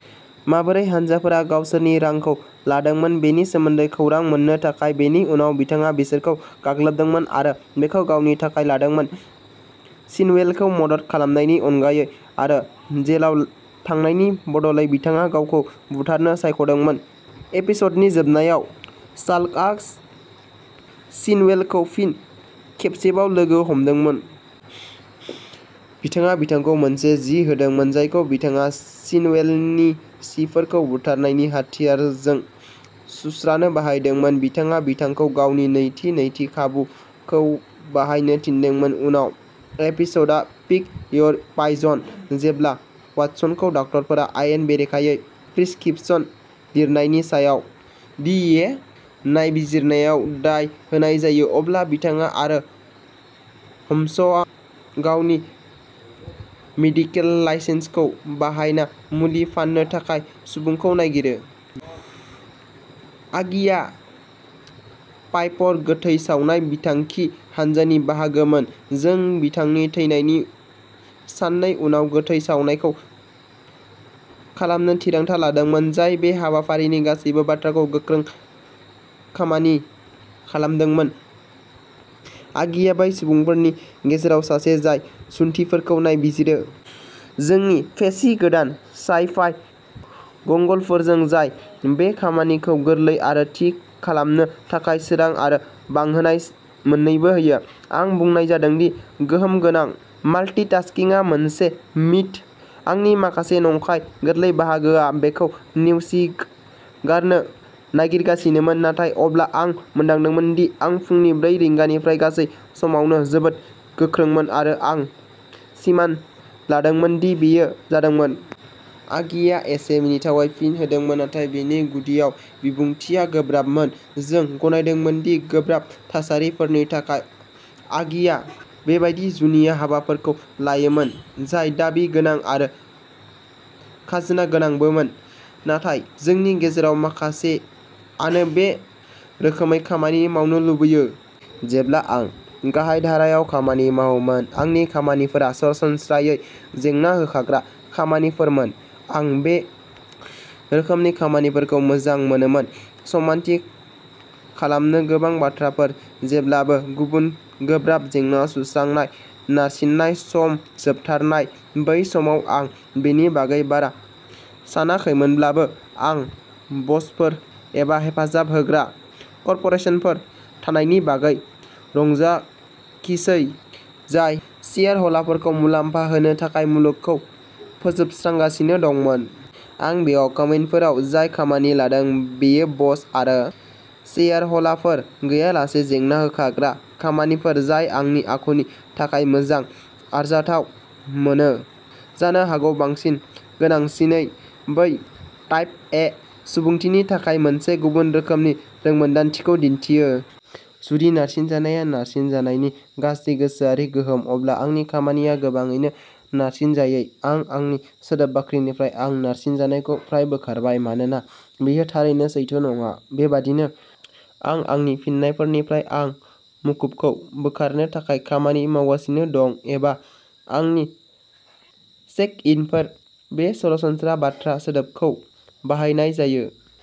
माबोरै हान्जाफोरा गावसोरनि रांखौ लांदोंमोन बेनि सोमोन्दै खौरां मोन्नो थाखाय। बेनि उनाव बिथाङा बिसोरखौ गाग्लोबदोंमोन आरो बेखौ गावनि थाखाय लादोंमोन। शिनवेलखौ मदद खालामनायनि अनगायै आरो जेलाव थांनायनि बदलै बिथाङा गावखौ बुथारनो सायख'दोंमोन। एपिस'डनि जोबनायाव, शार्लकआ शिनवेलखौ फिन खेबसेबाव लोगो हमदोंमोन। बिथाङा बिथांखौ मोनसे जि होदोंमोन जायखौ बिथाङा शिनवेलनि सिनफोरखौ बुथारनायनि हाथियारजों सुस्रानो बाहायदोंमोन। बिथाङा बिथांखौ गावनि नैथि, नैथि खाबुखौ बाहायनो थिनदोंमोन। उननि एपिस'डआ पिक योर पायजन। जेब्ला वाटसनखौ डाक्टरफोरा आयेन बेरेखायै प्रिस्क्रिप्शन लिरनायनि सायाव डीईए नायबिजिरनायाव दाय होनाय जायो, अब्ला बिथाङा आरो ह'म्सआ गावनि मेडिकेल लाइसेन्सखौ बाहायना मुलि फाननो थाखाय सुबुंखौ नागिरो। आगिआ पाइपर गोथै सावनाय बिथांखि हान्जानि बाहागोमोन। जों बिथांनि थैनायनि साननै उनावनो गोथै सावनायखौ खालामनो थिरांथा लादोंमोन, जाय बे हाबाफारिनि गासैबो बाथ्राखौ गोख्रै खामानि खालामदोंमोन। आगिआ बै सुबुंफोरनि गेजेराव सासे जाय जुन्थिफोरखौ नायबिजिरो। जोंनि फेन्सी गोदान साइ-फाइ गगलफोरजों, जाय बे खामानिखौ गोरलै आरो थि खालामनो थाखाय सोरां आरो बांहोनाय मोन्नैबो होयो। आं बुंनाय जादों दि गोहोम गोनां माल्टिटास्किंआ मोनसे मिथ। आंनि माखासे नंखाय गोरलै बाहागोआ बेखौ नेवसिगारनो नागिरगासिनोमोन, नाथाय अब्ला आं मोनदांदोंमोन दि आं फुंनि ब्रै रिंगानिफ्राय गासै समावनो जोबोद गोख्रोंमोन आरो आं सिमान लादोंमोन दि बेयो जादोंमोन। आगिआ एसे मिनिथावै फिन होदोंमोन, नाथाय बेनि गुदियाव बिबुंथिआ गोब्राबमोन। जों गनायदोंमोन दि गोब्राब थासारिफोरनि थाखाय, आगिया बेबादि जुनिया हाबाफोरखौ लायोमोन, जाय दाबि गोनां आरो खाजोना गोनांबोमोन। नाथाय जोंनि गेजेराव माखासेआनो बे रोखोमै खामानि मावनो लुबैयो। जेब्ला आं गाहायधारायाव खामानि मावोमोन, आंनि खामानिफोरा सरासनस्रायै जेंना होखारग्रा खामानिफोरमोन। आं बे रोखोमनि खामानिखौ मोजां मोनोमोन समानथि खालामनो गोबां बाथ्राफोर, जेब्लाबो गुबुन, गोब्राब जेंना सुस्रांनाय, नारसिननाय। सम जोबथारनाय। बै समाव आं बेनि बागै बारा सानाखैमोनब्लाबो, आं ब'सफोर एबा हेफाजाब होग्रा कर्प'रेसनफोर थानायनि बागै रंजाखिसै, जाय शेयारह'लारफोरखौ मुलाम्फा होनो थाखाय मुलुगखौ फोजोबस्रांगासिनो दंमोन। आं बेयाव कम्युनफोराव जाय खामानि लादों बेयो ब'स आरो शेयारह'लारफोर गैयालासे जेंना होखारग्रा खामानिफोर, जाय आंनि आखुनि थाखाय मोजां आरजाथाव मोनो। जानो हागौ बांसिन गोनांसिनै, बेयो टाइप ए सुबुंथिनि थाखाय मोनसे गुबुन रोखोमनि रोंमोनदांथिखौ दिन्थियो। जुदि नारसिननाया नारसिनजानायनि गाज्रि गोसोआरि गोहोम, अब्ला आंनि खामानिया गोबाङैनो नारसिनजायै। आं आंनि सोदोब बाख्रिनिफ्राय आं नारसिनजानायखौ फ्राय बोखारबाय, मानोना बेयो थारैनो सैथो नङा। बेबायदिनो, आं आंनि फिन्नायफोरनिफ्राय आं मुखुबखौ बोखारनो थाखाय खामानि मावगासिनो दं एबा आंनि चेक-इनफोर। बे सरासनस्रा बाथ्रा सोदोबखौ बाहायनाय जायो।